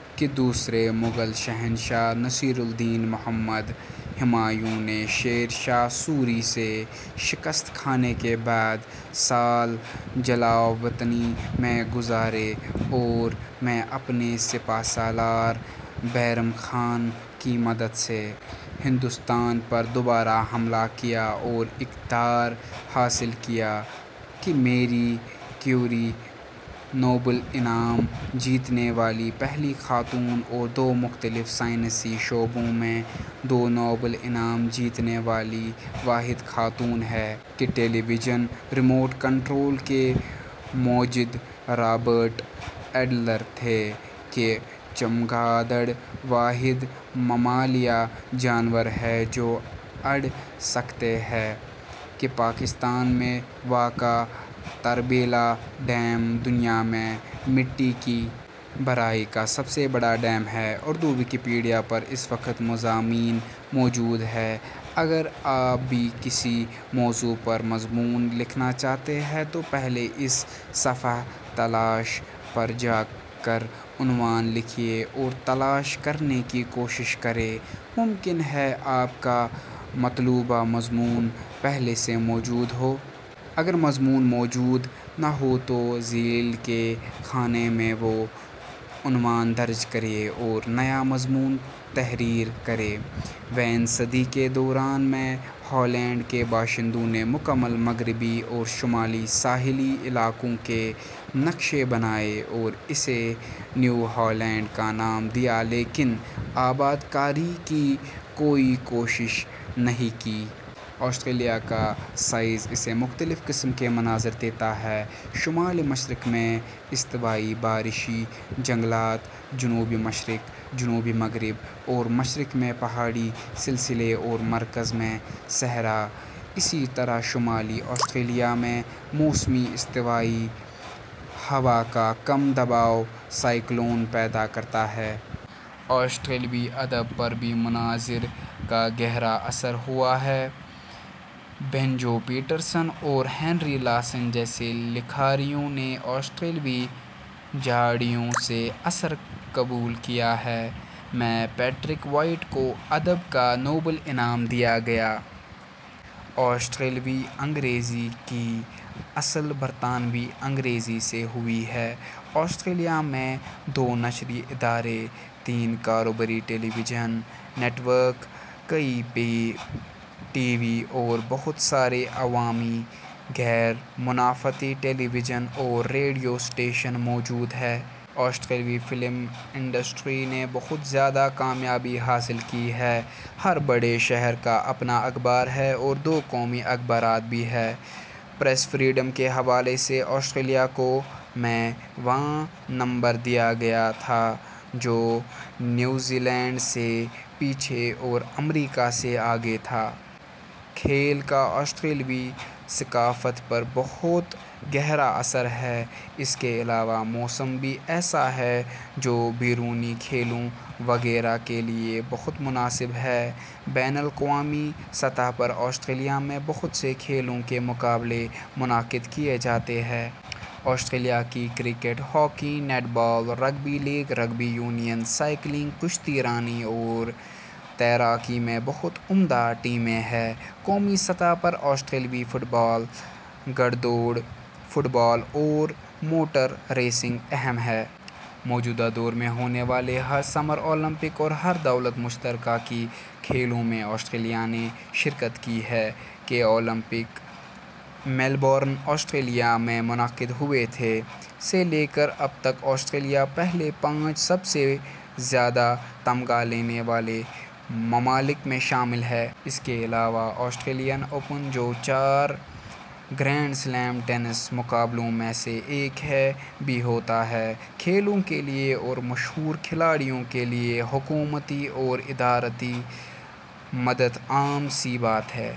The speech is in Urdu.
… کہ دوسرے مغل شہنشاہ نصیر الدین محمد ہمایوں نے شیر شاہ سوری سے شکست کھانے کے بعد سال جلاوطنی میں گزارے اور ء میں اپنے سپہ سالار بیرم خان کی مدد سے ہندوستان پر دوبارہ حملہ کیا اور اقتدار حاصل کیا؟… کہ میری کیوری نوبل انعام جیتنے والی پہلی خاتون اور دو مختلف سائنسی شعبوں میں دو نوبل انعام جیتنے والی واحد خاتون ہیں؟… کہ ٹیلی ویژن ریموٹ کنٹرول کے موجد رابرٹ ایڈلر تھے؟… کہ چمگادڑ واحد ممالیہ جانور ہے جو اڑ سکتے ہیں؟… کہ پاکستان میں واقع تربیلا ڈیم دنیا میں مٹی کی بھرائی کا سب سے بڑا ڈیم ہے؟ اردو ویکیپیڈیا پر اس وقت مضامین موجود ہیں، اگر آپ بھی کسی موضوع پر مضمون لکھنا چاہتے ہیں تو پہلے اس صفحۂ تلاش پر جا کر عنوان لکھیے اور تلاش کرنے کی کوشش کریں، ممکن ہے آپ کا مطلوبہ مضمون پہلے سے موجود ہو۔ اگر مضمون موجود نہ ہو تو ذیل کے خانہ میں وہ عنوان درج کریں اور نیا مضمون تحریر کریں۔ ویں صدی کے دوران میں ہالینڈ کے باشندوں نے مکمل مغربی اورشمالی ساحلی علاقوں کے نقشے بنائے اور اسے نیو ہالینڈ کا نام دیا لیکن آبادکاری کی کوئی کوشش نہیں کی۔ آسٹریلیا کا سائز اسے مختلف قسم کے مناظر دیتا ہے، شمال مشرق میں استوائی بارشی جنگلات، جنوب مشرق، جنوب مغرب اور مشرق میں پہاڑی سلسلے اور مرکز میں صحرا۔ اسی طرح شمالی آسٹریلیا میں موسمی استوائی ہوا کا کم دباؤ سائیکلون پیدا کرتا ہے۔ آسٹریلوی ادب پر بھی مناظر کا گہرا اثر ہوا ہے۔ بینجو پیٹرسن اور ہنری لاسن جیسے لکھاریوں نے آسٹریلوی جھاڑیوں سے اثر قبول کیا ہے۔ ء میں پیٹرک وائٹ کو ادب کا نوبل انعام دیا گیا۔ آسٹریلوی انگریزی کی اصل برطانوی انگریزی سے ہوئی ہے۔ آسٹریلیا میں دو نشری ادارے، تین کاروباری ٹیلی ویژن نیٹ ورک، کئی پے ٹی وی اور بہت سارے عوامی، غیر منافعتی ٹیلی ویژن اور ریڈیو اسٹیشن موجود ہیں۔ آسٹریلوی فلم انڈسٹری نے بہت زیادہ کامیابی حاصل کی ہے۔ ہر بڑے شہر کا اپنا اخبار ہے اور دو قومی اخبارات بھی ہیں۔ پریس فریڈم کے حوالے سے آسٹریلیا کو ء میں واں نمبر دیا گیا تھا جو نیوزی لینڈ سے پیچھے اور امریکا سے آگے تھا۔ کھیل کا آسٹریلوی ثقافت پر بہت گہرا اثر ہے۔ اس کے علاوہ موسم بھی ایسا ہے جو بیرونی کھیلوں وغیرہ کے لیے بہت مناسب ہے۔ بین الاقوامی سطح پر آسٹریلیا میں بہت سے کھیلوں کے مقابلے منعقد کیے جاتے ہیں۔ آسٹریلیا کی cricket, hockey, netball, rugby league, rugby union, cycling, کشتی رانی اور تیراکی میں بہت عمدہ ٹیمیں ہیں۔ قومی سطح پر آسٹریلوی فٹ بال، گھڑ دوڑ، فٹ بال اور موٹر ریسنگ اہم ہیں۔ موجودہ دور میں ہونے والے ہر سمر اولمپک اور ہر دولت مشترکہ کی کھیلوں میں آسٹریلیا نے شرکت کی ہے۔ ء کے اولمپک میلبورن، آسٹریلیا میں منعقد ہوئے تھے۔ ء سے لے کر اب تک آسٹریلیا پہلے پانچ سب سے زیادہ تمغا لینے والے ممالک میں شامل ہے۔ اس کے علاوہ آسٹریلین اوپن جو چار گرینڈ سلیم ٹینس مقابلوں میں سے ایک ہے، بھی ہوتا ہے۔ کھیلوں کے لیے اور مشہور کھلاڑیوں کے لیے حکومتی اور اداراتی مدد عام سی بات ہے۔